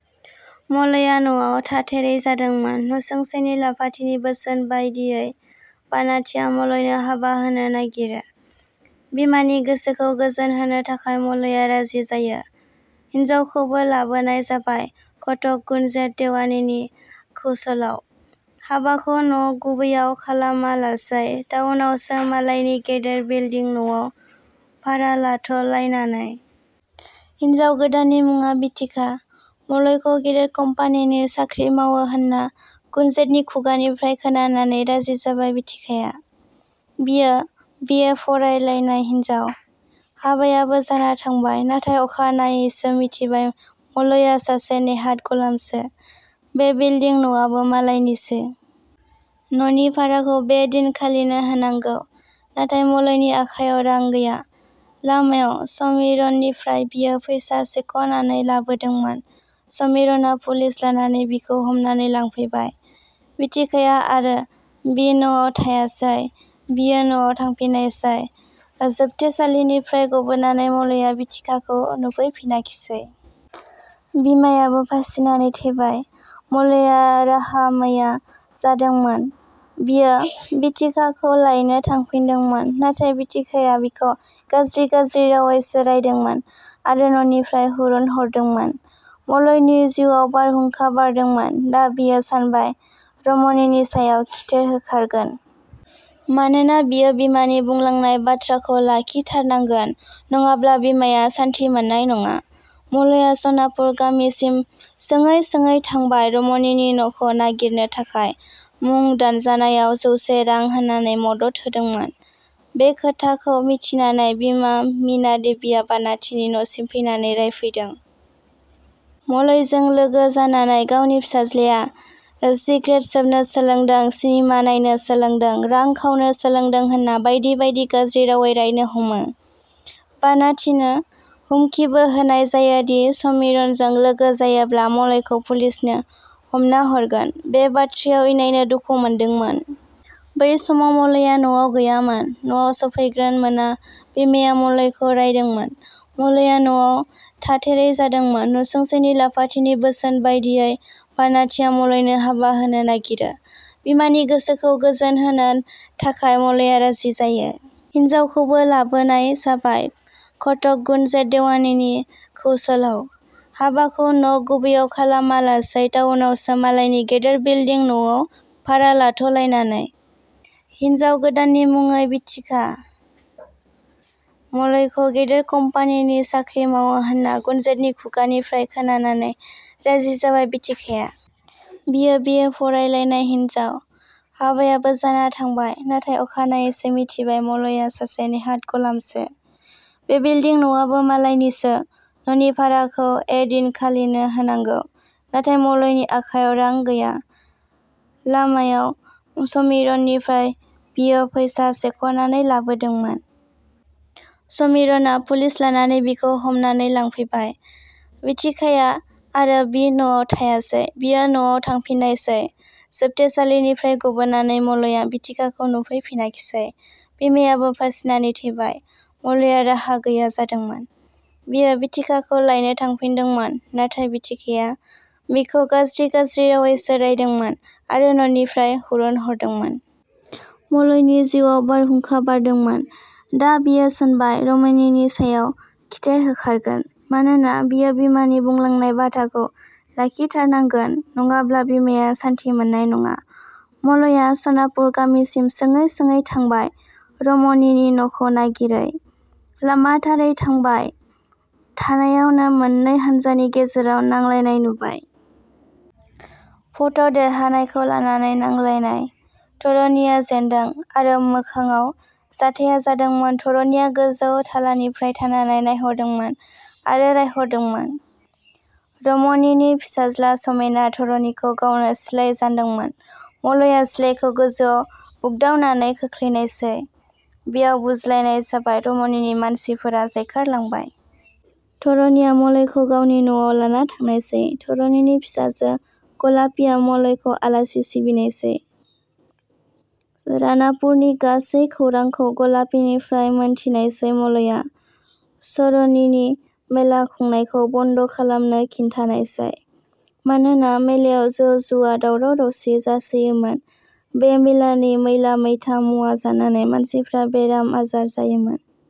मलया न'आव थाथेरै जादोंमोन। नसुंसेनि लाफाथिनि बोसोन बायदियै बानाथिया मलयनो हाबा होनो नागिरो। बिमानि गोसोखौ गोजोन होनो थाखाय मलया राजि जायो। हिन्जावखौबो लाबोनाय जाबाय घटक गुनजेट देवानिनि खौसलाव। हाबाखौ न' गुबैयाव खालामा लासै टाउनावसो मालायनि गेदेर बिलदिं न 'आव भारा लाथ 'लायनानै। हिनजाव गोदाननि मुंङा बिथिका। मलयखौ गेदेर कम्पानिनि साख्रि मावो होनना गुनजेटनि खुगानिफ्राय खोनानानै राजि जाबाय बिथिकाया। बियो बि. ए. फरायलायनाय हिनजाव। हाबायाबो जाना थांबाय। नाथाय अखानायैसो मिथिबाय मलया सासे नेहाद गलामसो। बे बिलदिं न 'आबो मालायनिसो। न'नि भाराखौ बे दिन खालिनो होनांगौ। नाथाय मलयनि आखाइयाव रां गैया। लामायाव समिरननिफ्राय बियो फैसा सेख 'नानै लाबोदोंमोन। समिरनआ पुलिस लानानै बिखौ हमनानै लांफैबाय। बिथिकाया आरो बि न'आव थायासै। बियो न'आव थांफिननायसै। जोबथेसालिनिफ्राय गबोनानै मलया बिथिकाखौ नुफैफिनाखिसै। बिमायाबो फासिनानै थैबाय। मलया राहा मैया जादोंमोन। बियो बिथिकाखौ लायनो थांफिनदोंमोन। नाथाय बिथिकाया बिखौ गाज्रि गाज्रि रावैसो रायदोंमोन आरो न 'निफ्राय हुरुनहरदोंमोन। मलयनि जिउवाव बारहुंखा बारदोंमोन। दा बियो सानबाय रमनिनि सायाव खिथिर होखारगोन। मानोना बियो बिमानि बुंलांनाय बाथ्राखौ लाखि थारनांगोन। नंङाब्ला बिमाया सान्थि मोननाय नंङा। मलया सनापुर गामिसिम सोंङै सोंङै थांबाय रमनिनि न'खौ नागिरनो थाखाय मुं दानजानायाव जौसे रां होनानै मदद होदोंमोन। बे खोथाखौ मिथिनानै बिमा मिना देवीया बानाथिनि न 'सिम फैनानै रायफैदों। मलयजों लोगो जानानै गावनि फिसाज्लाया सिग्रेट सोबनो सोलोंदों, सिनेमा नायनो सोलोंदों, रां खावनो सोलोंदों होनना बायदि बायदि गाज्रि रावै रायनो हमो। बानाथिनो हुमखिबो होनाय जायोदि समिरनजों लोगो जायोब्ला मलयखौ पुलिसनो हमना हरगोन। बे बाथ्रायाव इनायनो दुखु मोनदोंमोन। बै समाव मलया न 'आव गैयामोन। न 'आव सफैग्रोन मोना बिमाया मलयखौ रायदोंमोन। मलया न 'आव थाथेरै जादोंमोन। नसुंसेनि लाफाथिनि बोसोन बायदियै बानाथिया मलयनो हाबा होनो नागिरो। बिमानि गोसोखौ गोजोन होनो थाखाय मलया राजि जायो। हिन्जावखौबो लाबोनाय जाबाय घटक गुनजेट देवानिनि खौसलाव। हाबाखौ न' गुबैयाव खालामा लासै टाउनावसो मालायनि गेदेर बिलदिं न 'आव भारा लाथ 'लायनानै। हिनजाव गोदाननि मुंङै बिथिका। मलयखौ गेदेर कम्पानिनि साख्रि मावो होनना गुनजेटनि खुगानिफ्राय खोनानानै राजि जाबाय बिथिकाया। बियो बि. ए. फरायलायनाय हिनजाव। हाबायाबो जाना थांबाय। नाथाय अखानायैसो मिथिबाय मलया सासे नेहाद गलामसो। बे बिलदिं न 'आबो मालायनिसो। न'नि भाराखौ ऐ दिन खालिनो होनांगौ। नाथाय मलयनि आखाइयाव रां गैया। लामायाव समिरननिफ्राय बियो फैसा सेख 'नानै लाबोदोंमोन। समिरनआ पुलिस लानानै बिखौ हमनानै लांफैबाय। बिथिकाया आरो बि न'आव थायासै। बियो न'आव थांफिननायसै। जोबथेसालिनिफ्राय गबोनानै मलया बिथिकाखौ, नुफैफिनाखिसै। बिमायाबो फासिनानै थैबाय। मलया राहा गैया जादोंमोन। बियो बिथिकाखौ लायनो थांफिनदोंमोन। नाथाय बिथिकाया बिखौ गाज्रि गाज्रि रावैसो रायदोंमोन आरो न 'निफ्राय हुरुनहरदोंमोन। मलयनि जिउवाव बारहुंखा बारदोंमोन। दा बियो सानबाय रमनिनि सायाव खिथिर होखारगोन। मानोना बियो बिमानि बुंलांनाय बाधाखौ लाखिथारनांगोन। नंङाब्ला बिमाया सान्थि मोननाय नंङा। मलया सनापुर गामिसिम सोंङै सोंङै थांबाय रमनिनि न 'खौ नागिरै। लामाथारै थांबाय थानायावनो मोननै हानजानि गेजेराव नांलायनाय नुबाय। भटआव देरहानायखौ लानानै नांलायनाय। धरणीया जेन्दों आरो मोखांङाव जाथाइया जादोंमोन धरणीया गोजौ थालानिफ्राय थानानै नायहरदोंमोन आरो रायहरदोंमोन। रमनिनि फिसाज्ला समेना धरणीखौ गावनो सिलाइ जानदोंमोन मलया सिलाइखौ गोजौआव बुग्दावनानै खोख्लैनायसै। बेयाव बुज्लायनाय जाबाय रमनिनि मानसिफोरा जायखारलांबाय। धरणीया मलयखौ गावनि न'आव लाना थांनायसै। धरणीनि फिसाजो गलापीया मलयखौ आलासि सिबिनायसै। रानापुरनि गासै खौरांखौ गलापीनिफ्राय मोनथिनायसै मलया चरणीनि मेला खुंनायखौ बन्द खालामनो खिन्थानायसै। मानोना मेलायाव जौ जुवा, दावराव-दावसि जासोयोमोन बे मेलानि मैला मैथा मुवा जानानै मानसिफोरा बेराम आजार जायोमोन।